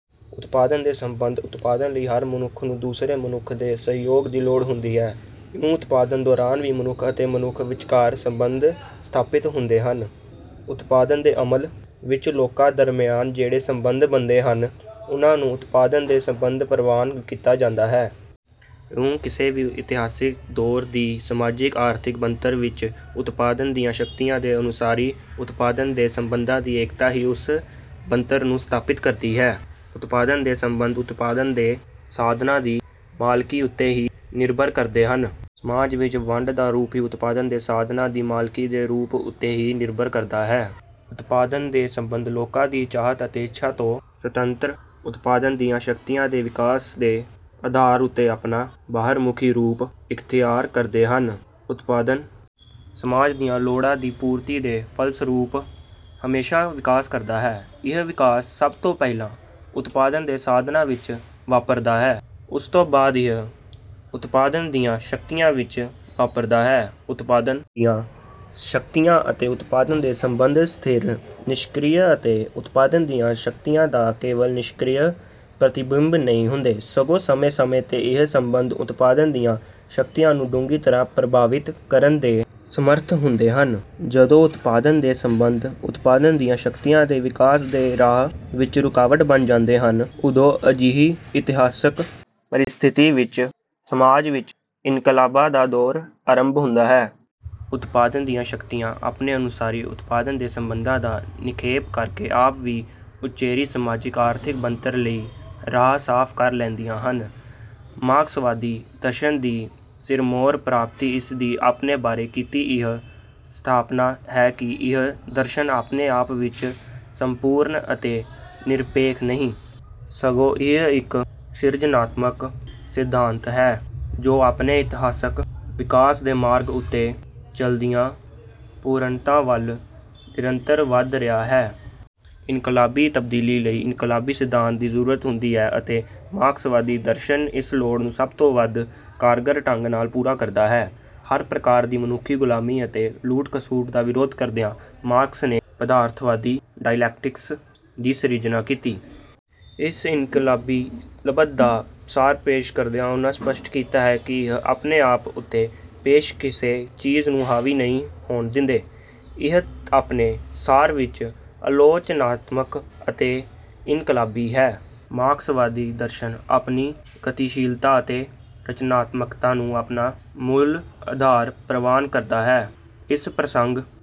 ਉਤਪਾਦਨ ਦੇ ਸੰਬੰਧ ਉਤਪਾਦਨ ਲਈ ਹਰ ਮਨੁੱਖ ਨੂੰ ਦੂਸਰੇ ਮਨੁੱਖ ਦੇ ਸਹਿਯੋਗ ਦੀ ਲੋੜ ਹੁੰਦੀ ਹੈ। ਇਉਂ ਉਤਪਾਦਨ ਦੌਰਾਨ ਵੀ ਮਨੁੱਖ ਅਤੇ ਮਨੁੱਖ ਵਿਚਕਾਰ ਸੰਬੰਧ ਸਥਾਪਿਤ ਹੁੰਦੇ ਹਨ। ਉਤਪਾਦਨ ਦੇ ਅਮਲ ਵਿੱਚ ਲੋਕਾਂ ਦਰਮਿਆਨ ਜਿਹੜੇ ਸੰਬੰਧ ਬਣਦੇ ਹਨ, ਉਨ੍ਹਾਂ ਨੂੰ ਉਤਪਾਦਨ ਦੇ ਸੰਬੰਧ ਪ੍ਰਵਾਨ ਕੀਤਾ ਜਾਂਦਾ ਹੈ। ਇਉਂ ਕਿਸੇ ਵੀ ਇਤਿਹਾਸਕ ਦੌਰ ਦੀ ਸਮਾਜਿਕ-ਆਰਥਿਕ ਬਣਤਰ ਵਿੱਚ ਉਤਪਾਦਨ ਦੀਆਂ ਸ਼ਕਤੀਆਂ ਦੇ ਅਨੁਸਾਰੀ ਉਤਪਾਦਨ ਦੇ ਸੰਬੰਧਾਂ ਦੀ ਏਕਤਾ ਹੀ ਉਸ ਬਣਤਰ ਨੂੰ ਸਥਾਪਿਤ ਕਰਦੀ ਹੈ। ਉਤਪਾਦਨ ਦੇ ਸੰਬੰਧ ਉਤਪਾਦਨ ਦੇ ਸਾਧਨਾਂ ਦੀ ਮਾਲਕੀ ਉੱਤੇ ਹੀ ਨਿਰਭਰ ਕਰਦੇ ਹਨ। ਸਮਾਜ ਵਿੱਚ ਵੰਡ ਦਾ ਰੂਪ ਵੀ ਉਤਪਾਦਨ ਦੇ ਸਾਧਨਾਂ ਦੀ ਮਾਲਕੀ ਦੇ ਰੂਪ ਉੱਤੇ ਹੀ ਨਿਰਭਰ ਕਰਦਾ ਹੈ। ਉਤਪਾਦਨ ਦੇ ਸੰਬੰਧ ਲੋਕਾਂ ਦੀ ਚਾਹਤ ਅਤੇ ਇੱਛਾ ਤੋਂ ਸੁਤੰਤਰ, ਉਤਪਾਦਨ ਦੀਆਂ ਸ਼ਕਤੀਆਂ ਦੇ ਵਿਕਾਸ ਦੇ ਆਧਾਰ ਉੱਤੇ ਆਪਣਾ ਬਾਹਰਮੁਖੀ ਰੂਪ ਇਖ਼ਤਿਆਰ ਕਰਦੇ ਹਨ। ਉਤਪਾਦਨ ਸਮਾਜ ਦੀਆਂ ਲੋੜਾਂ ਦੀ ਪੂਰਤੀ ਦੇ ਫਲਸਰੂਪ ਹਮੇਸ਼ਾ ਵਿਕਾਸ ਕਰਦਾ ਹੈ। ਇਹ ਵਿਕਾਸ ਸਭ ਤੋਂ ਪਹਿਲਾਂ ਉਤਪਾਦਨ ਦੇ ਸਾਧਨਾਂ ਵਿੱਚ ਵਾਪਰਦਾ ਹੈ। ਉਸ ਤੋਂ ਬਾਅਦ ਇਹ ਉਤਪਾਦਨ ਦੀਆਂ ਸ਼ਕਤੀਆਂ ਵਿੱਚ ਵਾਪਰਦਾ ਹੈ। ਉਤਪਾਦਨ ਦੀਆਂ ਸ਼ਕਤੀਆਂ ਅਤੇ ਉਤਪਾਦਨ ਦੇ ਸੰਬੰਧ ਸਥਿਰ, ਨਿਸ਼ਕ੍ਰਿਯ ਅਤੇ ਉਤਪਾਦਨ ਦੀਆਂ ਸ਼ਕਤੀਆਂ ਦਾ ਕੇਵਲ ਨਿਸ਼ਕ੍ਰਿਯ ਪ੍ਰਤਿਬਿੰਬ ਨਹੀਂ ਹੁੰਦੇ, ਸਗੋਂ ਸਮੇਂ-ਸਮੇਂ ’ਤੇ ਇਹ ਸੰਬੰਧ ਉਤਪਾਦਨ ਦੀਆਂ ਸ਼ਕਤੀਆਂ ਨੂੰ ਡੂੰਘੀ ਤਰ੍ਹਾਂ ਪ੍ਰਭਾਵਿਤ ਕਰਨ ਦੇ ਸਮਰੱਥ ਹੁੰਦੇ ਹਨ ਜਦੋਂ ਉਤਪਾਦਨ ਦੇ ਸੰਬੰਧ ਉਤਪਾਦਨ ਦੀਆਂ ਸ਼ਕਤੀਆਂ ਦੇ ਵਿਕਾਸ ਦੇ ਰਾਹ ਵਿੱਚ ਰੁਕਾਵਟ ਬਣ ਜਾਂਦੇ ਹਨ, ਉਦੋਂ ਅਜਿਹੀ ਇਤਿਹਾਸਕ ਪਰਿਸਥਿਤੀ ਵਿੱਚ ਸਮਾਜ ਵਿੱਚ ਇਨਕਲਾਬਾਂ ਦਾ ਦੌਰ ਆਰੰਭ ਹੁੰਦਾ ਹੈ। ਉਤਪਾਦਨ ਦੀਆਂ ਸ਼ਕਤੀਆਂ ਆਪਣੇ ਅਨੁਸਾਰੀ ਉਤਪਾਦਨ ਦੇ ਸੰਬੰਧਾਂ ਦਾ ਨਿਖੇਧ ਕਰਕੇ ਆਪ ਵੀ ਉੱਚੇਰੀ ਸਮਾਜਿਕ-ਆਰਥਿਕ ਬਣਤਰ ਲਈ ਰਾਹ ਸਾਫ਼ ਕਰ ਲੈਂਦੀਆਂ ਹਨ। ਮਾਰਕਸਵਾਦੀ ਦਰਸ਼ਨ ਦੀ ਸਿਰਮੌਰ ਪ੍ਰਾਪਤੀ ਇਸ ਦੀ ਆਪਣੇ ਬਾਰੇ ਕੀਤੀ ਇਹ ਸਥਾਪਨਾ ਹੈ ਕਿ ਇਹ ਦਰਸ਼ਨ ਆਪਣੇ ਆਪ ਵਿੱਚ ਸੰਪੂਰਨ ਅਤੇ ਨਿਰਪੇਖ ਨਹੀਂ, ਸਗੋਂ ਇਹ ਇੱਕ ਸਿਰਜਣਾਤਮਕ ਸਿਧਾਂਤ ਹੈ, ਜੋ ਆਪਣੇ ਇਤਿਹਾਸਕ ਵਿਕਾਸ ਦੇ ਮਾਰਗ ਉੱਤੇ ਚਲਦਿਆਂ ਪੂਰਨਤਾ ਵੱਲ ਨਿਰੰਤਰ ਵਧ ਰਿਹਾ ਹੈ। ਇਨਕਲਾਬੀ ਤਬਦੀਲੀ ਲਈ ਇਨਕਲਾਬੀ ਸਿਧਾਂਤ ਦੀ ਜ਼ਰੂਰਤ ਹੁੰਦੀ ਹੈ ਅਤੇ ਮਾਰਕਸਵਾਦੀ ਦਰਸ਼ਨ ਇਸ ਲੋੜ ਨੂੰ ਸਭ ਤੋਂ ਵੱਧ ਕਾਰਗਰ ਢੰਗ ਨਾਲ ਪੂਰਾ ਕਰਦਾ ਹੈ। ਹਰ ਪ੍ਰਕਾਰ ਦੀ ਮਨੁੱਖੀ ਗੁਲਾਮੀ ਅਤੇ ਲੂਟ-ਕਸੂਟ ਦਾ ਵਿਰੋਧ ਕਰਦਿਆਂ ਮਾਰਕਸ ਨੇ ਪਦਾਰਥਵਾਦੀ ਡਾਇਲੈਕਟਿਕਸ ਦੀ ਸਿਰਜਣਾ ਕੀਤੀ। ਇਨਕਲਾਬੀ ਲੱਭਤ ਦਾ ਸਾਰ ਪੇਸ਼ ਕਰਦਿਆਂ ਉਨ੍ਹਾਂ ਸਪੱਸ਼ਟ ਕੀਤਾ ਹੈ ਕਿ, ਇਹ ਆਪਣੇ ਆਪ ਉੱਤੇ ਪੇਸ਼ ਕਿਸੇ ਚੀਜ਼ ਨੂੰ ਹਾਵੀ ਨਹੀਂ ਹੋਣ ਦਿੰਦੀ ਇਹ ਆਪਣੇ ਸਾਰ ਵਿੱਚ ਆਲੋਚਨਾਤਮਕ ਅਤੇ ਇਨਕਲਾਬੀ ਹੈ। ਮਾਰਕਸਵਾਦੀ ਦਰਸ਼ਨ ਆਪਣੀ ਗਤੀਸ਼ੀਲਤਾ ਅਤੇ ਰਚਨਾਤਮਕਤਾ ਨੂੰ ਆਪਣਾ ਮੁਲ ਅਧਾਰ ਪਦਾਨ ਕਰਦਾ ਹੈ। ਇਸ ਪ੍ਰਸੰਗ